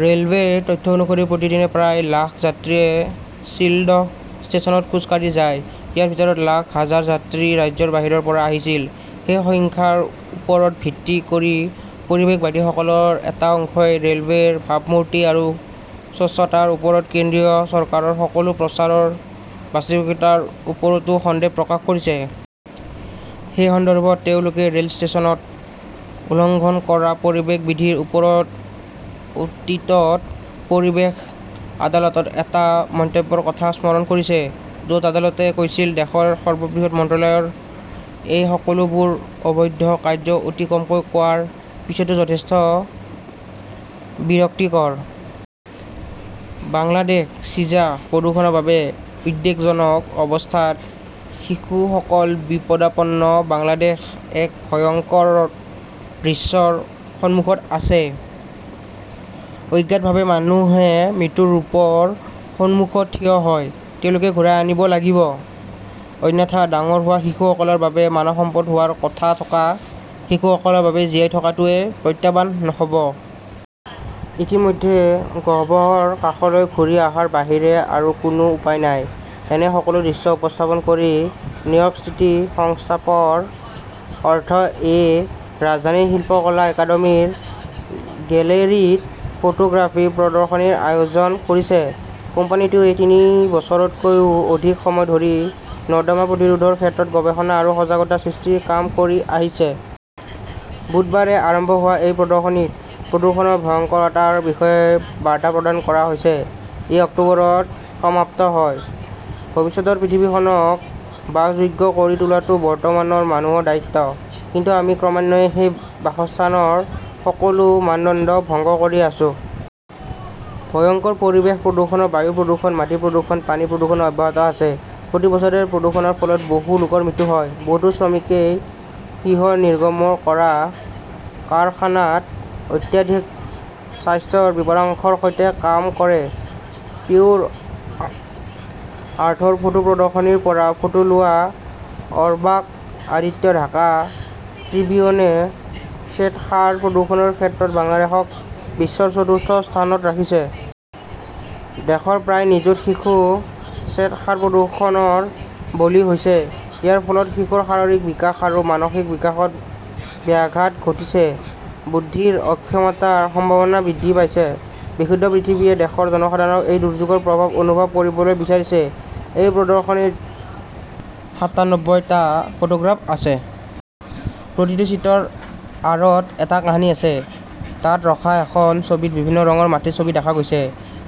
ৰে'লৱেৰ তথ্য অনুসৰি প্ৰতিদিনে প্ৰায় লাখ যাত্ৰীয়ে শ্বিলদহ ষ্টেচনত খোজ কাঢ়ি যায়। ইয়াৰ ভিতৰত লাখ হাজাৰ যাত্ৰী ৰাজ্যৰ বাহিৰৰ পৰা আহিছিল। এই সংখ্যাৰ ওপৰত ভিত্তি কৰি পৰিৱেশবিদসকলৰ এটা অংশই ৰে'লৱেৰ ভাবমূৰ্তি আৰু স্বচ্ছতাৰ ওপৰত কেন্দ্ৰীয় চৰকাৰৰ সকলো প্ৰচাৰৰ বাস্তৱিকতাৰ ওপৰতো সন্দেহ প্ৰকাশ কৰিছে। এই সন্দৰ্ভত তেওঁলোকে ৰে'ল ষ্টেচনত উলংঘন কৰা পৰিৱেশ বিধিৰ ওপৰত অতীতত পৰিৱেশ আদালতৰ এটা মন্তব্যৰ কথাও স্মৰণ কৰিছে। য 'ত আদালতে কৈছিল, দেশৰ সৰ্ববৃহৎ মন্ত্ৰালয় ৰ এই সকলোবোৰ অবৈধ কাৰ্য্য অতি কমকৈ কোৱাৰ পিছতো যথেষ্ট বিৰক্তিকৰ। বাংলাদেশ চিজা প্ৰদূষণৰ বাবে উদ্বেগজনক অৱস্থাত, শিশুসকল বিপদাপন্ন বাংলাদেশ এক ভয়ংকৰ দৃশ্যৰ সন্মুখত আছে। অজ্ঞাতভাৱে মানুহে মৃত্যুৰ ৰূপৰ সন্মুখত থিয় হয়। তেওঁলোকক ঘূৰাই আনিব লাগিব। অন্যথা ডাঙৰ হোৱা শিশুসকলৰ বাবে, মানৱ সম্পদ হোৱাৰ কথা থকা শিশুসকলৰ বাবে জীয়াই থকাটোৱেই প্ৰত্যাহ্বান হ'ব। ইতিমধ্যে গহ্বৰৰ কাষলৈ ঘূৰি অহাৰ বাহিৰে আৰু কোনো উপায় নাই। এনে সকলো দৃশ্য উপস্থাপন কৰি নিউয়ৰ্কস্থিত সংস্থাপৰ আৰ্থ এ ৰাজধানীৰ শিল্পকলা একাডেমীৰ গেলেৰীত ফটোগ্ৰাফী প্ৰদৰ্শনীৰ আয়োজন কৰিছে। কোম্পানীটোৱে তিনি বছৰতকৈও অধিক সময় ধৰি নৰ্দমা প্ৰতিৰোধৰ ক্ষেত্ৰত গৱেষণা আৰু সজাগতা সৃষ্টিৰ কাম কৰি আহিছে। বুধবাৰে আৰম্ভ হোৱা এই প্ৰদৰ্শনীত প্ৰদূষণৰ ভয়ংকৰতাৰ বিষয়ে বাৰ্তা প্ৰদান কৰা হৈছে। ই অক্টোবৰত সমাপ্ত হয়। ভৱিষ্যতৰ পৃথিৱীখনক বাসযোগ্য কৰি তোলাটো বৰ্তমানৰ মানুহৰ দায়িত্ব। কিন্তু আমি ক্ৰমান্বয়ে সেই বাসস্থানৰ সকলো মানদণ্ড ভংগ কৰি আছো। ভয়ংকৰ পৰিৱেশ প্ৰদূষণ, বায়ু প্ৰদূষণ, মাটি প্ৰদূষণ, পানী প্ৰদূষণ অব্যাহত আছে। প্ৰতি বছৰে প্ৰদূষণৰ ফলত বহু লোকৰ মৃত্যু হয়। বহুতো শ্ৰমিকই সীহ নিৰ্গমন কৰা কাৰখানাত অত্যাধিক স্বাস্থ্যৰ বিপদাশংকাৰ সৈতে কাম কৰে। পিউৰ আৰ্থৰ ফটো প্ৰদৰ্শনীৰ পৰা ফটো লোৱা অৰবাক আদিত্য ঢাকা ট্ৰিবিউনে শ্বেতসাৰ প্ৰদূষণৰ ক্ষেত্ৰত বাংলাদেশক বিশ্বৰ চতুৰ্থ স্থানত ৰাখিছে। দেশৰ প্ৰায় নিযুত শিশু শ্বেতসাৰ প্ৰদূষণৰ বলি হৈছে। ইয়াৰ ফলত শিশুৰ শাৰীৰিক বিকাশ আৰু মানসিক বিকাশত ব্যাঘাত ঘটিছে। বুদ্ধিৰ অক্ষমতাৰ সম্ভাৱনা বৃদ্ধি পাইছে। বিশুদ্ধ পৃথিৱীয়ে দেশৰ জনসাধাৰণক এই দুৰ্যোগৰ প্ৰভাৱ অনুভৱ কৰিবলৈ বিচাৰিছে। এই প্ৰদৰ্শনীত সাতানব্বৈ টা ফটোগ্ৰাফ আছে। প্ৰতিটো চিত্ৰৰ আঁৰত এটা কাহিনী আছে। তাত ৰখা এখন ছবিত বিভিন্ন ৰঙৰ মাটিৰ ছবি দেখা গৈছে।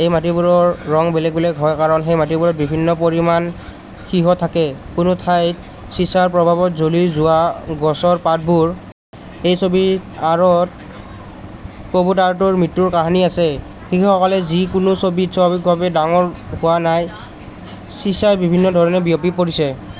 এই মাটিবোৰৰ ৰং বেলেগ বেলেগ হয় কাৰণ সেই মাটিবোৰত বিভিন্ন পৰিমাণৰ সীহ থাকে। কোনো ঠাইত চিছাৰ প্ৰভাৱত জ্বলি যোৱা গছৰ পাতবোৰ। এটা ছবিৰ আঁৰত কবুতৰটোৰ মৃত্যুৰ কাহিনী আছে। শিশুসকল যি কোনো ছবিত স্বাভাৱিকভাৱে ডাঙৰ হোৱা নাই। চিছাই বিভিন্ন ধৰণে বিয়পি পৰিছে।